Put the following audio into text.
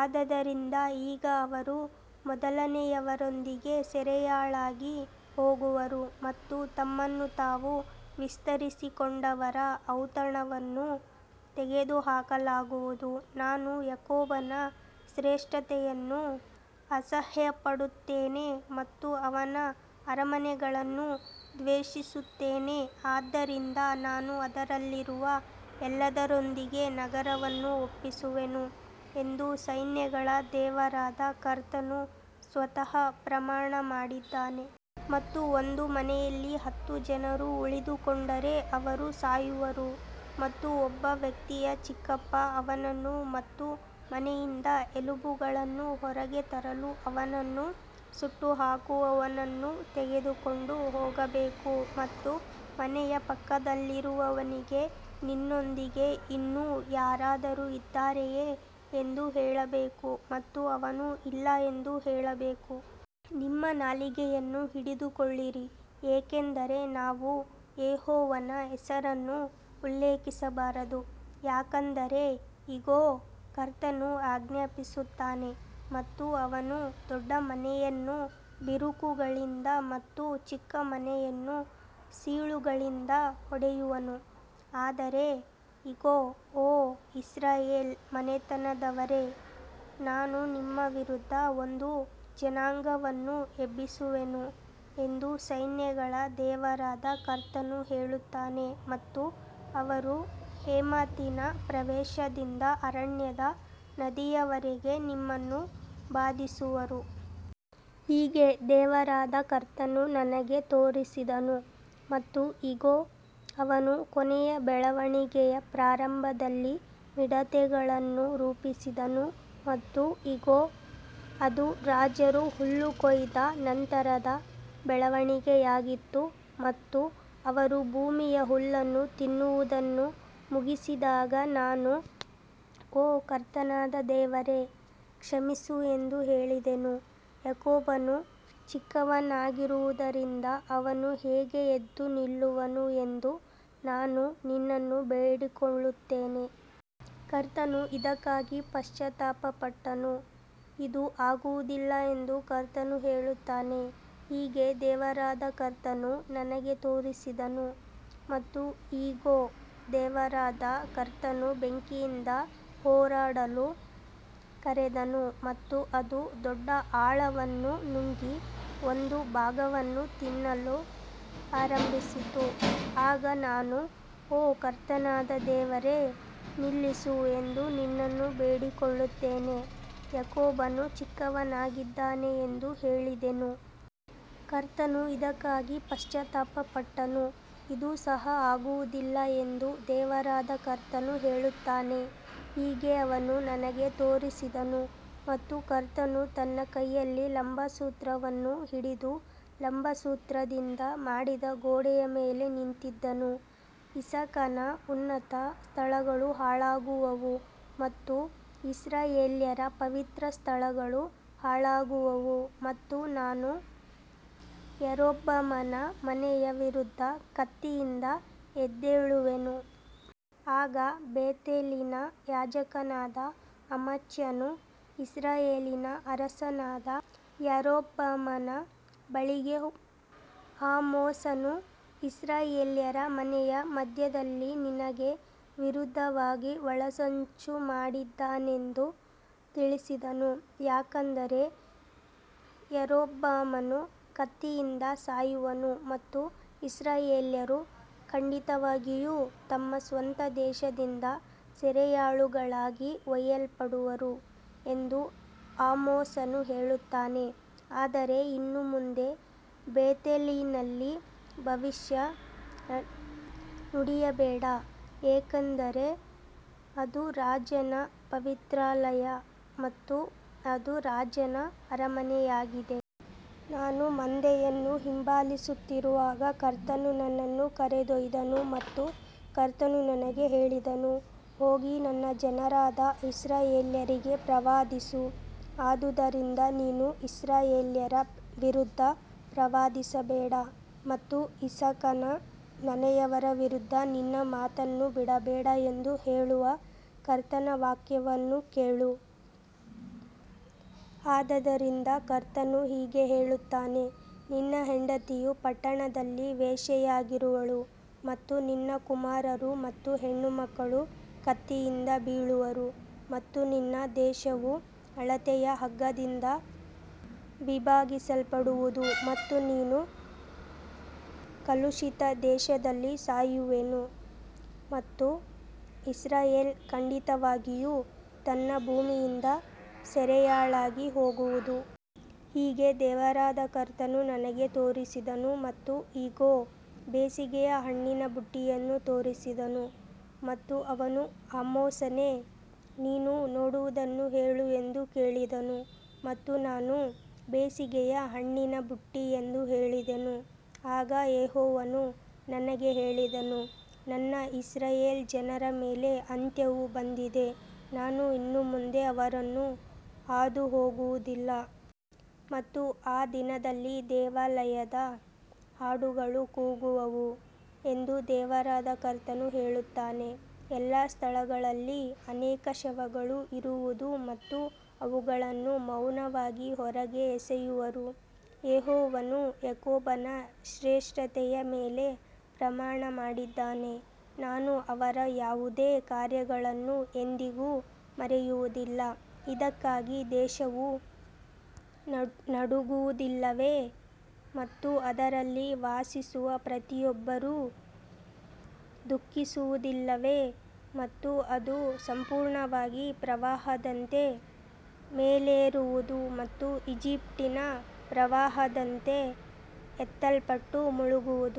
ಆದದರಿಂದ ಈಗ ಅವರು ಮೊದಲನೆಯವರೊಂದಿಗೆ ಸೆರೆಯಾಳಾಗಿ ಹೋಗುವರು ಮತ್ತು ತಮ್ಮನ್ನು ತಾವು ವಿಸ್ತರಿಸಿಕೊಂಡವರ ಔತಣವನ್ನು ತೆಗೆದುಹಾಕಲಾಗುವುದು. ನಾನು ಯಾಕೋಬನ ಶ್ರೇಷ್ಠತೆಯನ್ನು ಅಸಹ್ಯಪಡುತ್ತೇನೆ ಮತ್ತು ಅವನ ಅರಮನೆಗಳನ್ನು ದ್ವೇಷಿಸುತ್ತೇನೆ, ಆದ್ದರಿಂದ ನಾನು ಅದರಲ್ಲಿರುವ ಎಲ್ಲದರೊಂದಿಗೆ ನಗರವನ್ನು ಒಪ್ಪಿಸುವೆನು ಎಂದು ಸೈನ್ಯಗಳ ದೇವರಾದ ಕರ್ತನು ಸ್ವತಃ ಪ್ರಮಾಣ ಮಾಡಿದ್ದಾನೆ. ಮತ್ತು ಒಂದು ಮನೆಯಲ್ಲಿ ಹತ್ತು ಜನರು ಉಳಿದುಕೊಂಡರೆ ಅವರು ಸಾಯುವರು ಮತ್ತು ಒಬ್ಬ ವ್ಯಕ್ತಿಯ ಚಿಕ್ಕಪ್ಪ ಅವನನ್ನು ಮತ್ತು ಮನೆಯಿಂದ ಎಲುಬುಗಳನ್ನು ಹೊರಗೆ ತರಲು ಅವನನ್ನು ಸುಟ್ಟುಹಾಕುವವನನ್ನು ತೆಗೆದುಕೊಂಡು ಹೋಗಬೇಕು ಮತ್ತು ಮನೆಯ ಪಕ್ಕದಲ್ಲಿರುವವನಿಗೆ ನಿನ್ನೊಂದಿಗೆ ಇನ್ನೂ ಯಾರಾದರೂ ಇದ್ದಾರೆಯೇ ಎಂದು ಹೇಳಬೇಕು ಮತ್ತು ಅವನು ಇಲ್ಲ ಎಂದು ಹೇಳಬೇಕು. ನಿಮ್ಮ ನಾಲಿಗೆಯನ್ನು ಹಿಡಿದುಕೊಳ್ಳಿರಿ, ಏಕೆಂದರೆ ನಾವು ಯೆಹೋವನ ಹೆಸರನ್ನು ಉಲ್ಲೇಖಿಸಬಾರದು. ಯಾಕಂದರೆ ಇಗೋ, ಕರ್ತನು ಆಜ್ಞಾಪಿಸುತ್ತಾನೆ ಮತ್ತು ಅವನು ದೊಡ್ಡ ಮನೆಯನ್ನು ಬಿರುಕುಗಳಿಂದ ಮತ್ತು ಚಿಕ್ಕ ಮನೆಯನ್ನು ಸೀಳುಗಳಿಂದ ಹೊಡೆಯುವನು. ಆದರೆ ಇಗೋ, ಓ ಇಸ್ರಾಯೇಲ್ ಮನೆತನದವರೇ, ನಾನು ನಿಮ್ಮ ವಿರುದ್ಧ ಒಂದು ಜನಾಂಗವನ್ನು ಎಬ್ಬಿಸುವೆನು ಎಂದು ಸೈನ್ಯಗಳ ದೇವರಾದ ಕರ್ತನು ಹೇಳುತ್ತಾನೆ ಮತ್ತು ಅವರು ಹೇಮಾತಿನ ಪ್ರವೇಶದಿಂದ ಅರಣ್ಯದ ನದಿಯವರೆಗೆ ನಿಮ್ಮನ್ನು ಬಾಧಿಸುವರು. ಹೀಗೆ ದೇವರಾದ ಕರ್ತನು ನನಗೆ ತೋರಿಸಿದನು ಮತ್ತು ಇಗೋ, ಅವನು ಕೊನೆಯ ಬೆಳವಣಿಗೆಯ ಪ್ರಾರಂಭದಲ್ಲಿ ಮಿಡತೆಗಳನ್ನು ರೂಪಿಸಿದನು ಮತ್ತು ಇಗೋ, ಅದು ರಾಜರು ಹುಲ್ಲು ಕೊಯ್ದ ನಂತರದ ಬೆಳವಣಿಗೆಯಾಗಿತ್ತು. ಮತ್ತು ಅವರು ಭೂಮಿಯ ಹುಲ್ಲನ್ನು ತಿನ್ನುವುದನ್ನು ಮುಗಿಸಿದಾಗ ನಾನು, ಓ ಕರ್ತನಾದ ದೇವರೇ, ಕ್ಷಮಿಸು ಎಂದು ಹೇಳಿದೆನು, ಯಾಕೋಬನು ಚಿಕ್ಕವನಾಗಿರುವುದರಿಂದ ಅವನು ಹೇಗೆ ಎದ್ದು ನಿಲ್ಲುವನು ಎಂದು ನಾನು ನಿನ್ನನ್ನು ಬೇಡಿಕೊಳ್ಳುತ್ತೇನೆ. ಕರ್ತನು ಇದಕ್ಕಾಗಿ ಪಶ್ಚಾತ್ತಾಪಪಟ್ಟನು, ಇದು ಆಗುವುದಿಲ್ಲ ಎಂದು ಕರ್ತನು ಹೇಳುತ್ತಾನೆ. ಹೀಗೆ ದೇವರಾದ ಕರ್ತನು ನನಗೆ ತೋರಿಸಿದನು ಮತ್ತು ಇಗೋ, ದೇವರಾದ ಕರ್ತನು ಬೆಂಕಿಯಿಂದ ಹೋರಾಡಲು ಕರೆದನು ಮತ್ತು ಅದು ದೊಡ್ಡ ಆಳವನ್ನು ನುಂಗಿ ಒಂದು ಭಾಗವನ್ನು ತಿನ್ನಲು ಆರಂಭಿಸಿತು. ಆಗ ನಾನು, ಓ ಕರ್ತನಾದ ದೇವರೇ, ನಿಲ್ಲಿಸು ಎಂದು ನಿನ್ನನ್ನು ಬೇಡಿಕೊಳ್ಳುತ್ತೇನೆ, ಯಾಕೋಬನು ಚಿಕ್ಕವನಾಗಿದ್ದಾನೆ ಎಂದು ಹೇಳಿದೆನು. ಕರ್ತನು ಇದಕ್ಕಾಗಿ ಪಶ್ಚಾತ್ತಾಪಪಟ್ಟನು, ಇದು ಸಹ ಆಗುವುದಿಲ್ಲ ಎಂದು ದೇವರಾದ ಕರ್ತನು ಹೇಳುತ್ತಾನೆ. ಹೀಗೆ ಅವನು ನನಗೆ ತೋರಿಸಿದನು ಮತ್ತು ಕರ್ತನು ತನ್ನ ಕೈಯಲ್ಲಿ ಲಂಬಸೂತ್ರವನ್ನು ಹಿಡಿದು ಲಂಬಸೂತ್ರದಿಂದ ಮಾಡಿದ ಗೋಡೆಯ ಮೇಲೆ ನಿಂತಿದ್ದನು. ಇಸಾಕನ ಉನ್ನತ ಸ್ಥಳಗಳು ಹಾಳಾಗುವವು ಮತ್ತು ಇಸ್ರಾಯೇಲ್ಯರ ಪವಿತ್ರ ಸ್ಥಳಗಳು ಹಾಳಾಗುವವು ಮತ್ತು ನಾನು ಯಾರೊಬ್ಬಾಮನ ಮನೆಯ ವಿರುದ್ಧ ಕತ್ತಿಯಿಂದ ಎದ್ದೇಳುವೆನು. ಆಗ ಬೇತೇಲಿನ ಯಾಜಕನಾದ ಅಮಚ್ಯನು ಇಸ್ರಾಯೇಲಿನ ಅರಸನಾದ ಯಾರೊಬ್ಬಾಮನ ಬಳಿಗೆ ಆಮೋಸನು ಇಸ್ರಾಯೇಲ್ಯರ ಮನೆಯ ಮಧ್ಯದಲ್ಲಿ ನಿನಗೆ ವಿರುದ್ಧವಾಗಿ ಒಳಸಂಚು ಮಾಡಿದ್ದಾನೆಂದು ತಿಳಿಸಿದನು. ಯಾಕಂದರೆ ಯಾರೊಬ್ಬಾಮನು ಕತ್ತಿಯಿಂದ ಸಾಯುವನು ಮತ್ತು ಇಸ್ರಾಯೇಲ್ಯರು ಖಂಡಿತವಾಗಿಯೂ ತಮ್ಮ ಸ್ವಂತ ದೇಶದಿಂದ ಸೆರೆಯಾಳುಗಳಾಗಿ ಒಯ್ಯಲ್ಪಡುವರು ಎಂದು ಆಮೋಸನು ಹೇಳುತ್ತಾನೆ. ಆದರೆ ಇನ್ನು ಮುಂದೆ ಬೇತೇಲಿನಲ್ಲಿ ಭವಿಷ್ಯ ನುಡಿಯಬೇಡ, ಏಕೆಂದರೆ ಅದು ರಾಜನ ಪವಿತ್ರಾಲಯ ಮತ್ತು ಅದು ರಾಜನ ಅರಮನೆಯಾಗಿದೆ. ನಾನು ಮಂದೆಯನ್ನು ಹಿಂಬಾಲಿಸುತ್ತಿರುವಾಗ ಕರ್ತನು ನನ್ನನ್ನು ಕರೆದೊಯ್ದನು ಮತ್ತು ಕರ್ತನು ನನಗೆ ಹೇಳಿದನು, ಹೋಗಿ ನನ್ನ ಜನರಾದ ಇಸ್ರಾಯೇಲ್ಯರಿಗೆ ಪ್ರವಾದಿಸು. ಆದುದರಿಂದ ನೀನು ಇಸ್ರಾಯೇಲ್ಯರ ವಿರುದ್ಧ ಪ್ರವಾದಿಸಬೇಡ ಮತ್ತು ಇಸಾಕನ ಮನೆಯವರ ವಿರುದ್ಧ ನಿನ್ನ ಮಾತನ್ನು ಬಿಡಬೇಡ ಎಂದು ಹೇಳುವ ಕರ್ತನ ವಾಕ್ಯವನ್ನು ಕೇಳು. ಆದದರಿಂದ ಕರ್ತನು ಹೀಗೆ ಹೇಳುತ್ತಾನೆ, ನಿನ್ನ ಹೆಂಡತಿಯು ಪಟ್ಟಣದಲ್ಲಿ ವೇಶ್ಯೆಯಾಗಿರುವಳು ಮತ್ತು ನಿನ್ನ ಕುಮಾರರು ಮತ್ತು ಹೆಣ್ಣುಮಕ್ಕಳು ಕತ್ತಿಯಿಂದ ಬೀಳುವರು ಮತ್ತು ನಿನ್ನ ದೇಶವು ಅಳತೆಯ ಹಗ್ಗದಿಂದ ವಿಭಾಗಿಸಲ್ಪಡುವುದು ಮತ್ತು ನೀನು ಕಲುಷಿತ ದೇಶದಲ್ಲಿ ಸಾಯುವೆನು ಮತ್ತು ಇಸ್ರಾಯೇಲ್ ಖಂಡಿತವಾಗಿಯೂ ತನ್ನ ಭೂಮಿಯಿಂದ ಸೆರೆಯಾಳಾಗಿ ಹೋಗುವುದು. ಹೀಗೆ ದೇವರಾದ ಕರ್ತನು ನನಗೆ ತೋರಿಸಿದನು ಮತ್ತು ಇಗೋ, ಬೇಸಿಗೆಯ ಹಣ್ಣಿನ ಬುಟ್ಟಿಯನ್ನು ತೋರಿಸಿದನು. ಮತ್ತು ಅವನು, ಆಮೋಸನೇ, ನೀನು ನೋಡುವುದನ್ನು ಹೇಳು ಎಂದು ಕೇಳಿದನು ಮತ್ತು ನಾನು, ಬೇಸಿಗೆಯ ಹಣ್ಣಿನ ಬುಟ್ಟಿ ಎಂದು ಹೇಳಿದೆನು. ಆಗ ಯೆಹೋವನು ನನಗೆ ಹೇಳಿದನು, ನನ್ನ ಇಸ್ರಾಯೇಲ್ ಜನರ ಮೇಲೆ ಅಂತ್ಯವು ಬಂದಿದೆ, ನಾನು ಇನ್ನು ಮುಂದೆ ಅವರನ್ನು ಹಾದುಹೋಗುವುದಿಲ್ಲ. ಮತ್ತು ಆ ದಿನದಲ್ಲಿ ದೇವಾಲಯದ ಹಾಡುಗಳು ಕೂಗುವವು ಎಂದು ದೇವರಾದ ಕರ್ತನು ಹೇಳುತ್ತಾನೆ, ಎಲ್ಲಾ ಸ್ಥಳಗಳಲ್ಲಿ ಅನೇಕ ಶವಗಳು ಇರುವುದು ಮತ್ತು ಅವುಗಳನ್ನು ಮೌನವಾಗಿ ಹೊರಗೆ ಎಸೆಯುವರು. ಯೆಹೋವನು ಯಾಕೋಬನ ಶ್ರೇಷ್ಠತೆಯ ಮೇಲೆ ಪ್ರಮಾಣ ಮಾಡಿದ್ದಾನೆ, ನಾನು ಅವರ ಯಾವುದೇ ಕಾರ್ಯಗಳನ್ನು ಎಂದಿಗೂ ಮರೆಯುವುದಿಲ್ಲ. ಇದಕ್ಕಾಗಿ ದೇಶವು ನಡುಗುವುದಿಲ್ಲವೇ ಮತ್ತು ಅದರಲ್ಲಿ ವಾಸಿಸುವ ಪ್ರತಿಯೊಬ್ಬರೂ ದುಃಖಿಸುವುದಿಲ್ಲವೇ ಮತ್ತು ಅದು ಸಂಪೂರ್ಣವಾಗಿ ಪ್ರವಾಹದಂತೆ ಮೇಲೇರುವುದು ಮತ್ತು ಈಜಿಪ್ಟಿನ ಪ್ರವಾಹದಂತೆ ಎತ್ತಲ್ಪಟ್ಟು ಮುಳುಗುವುದು.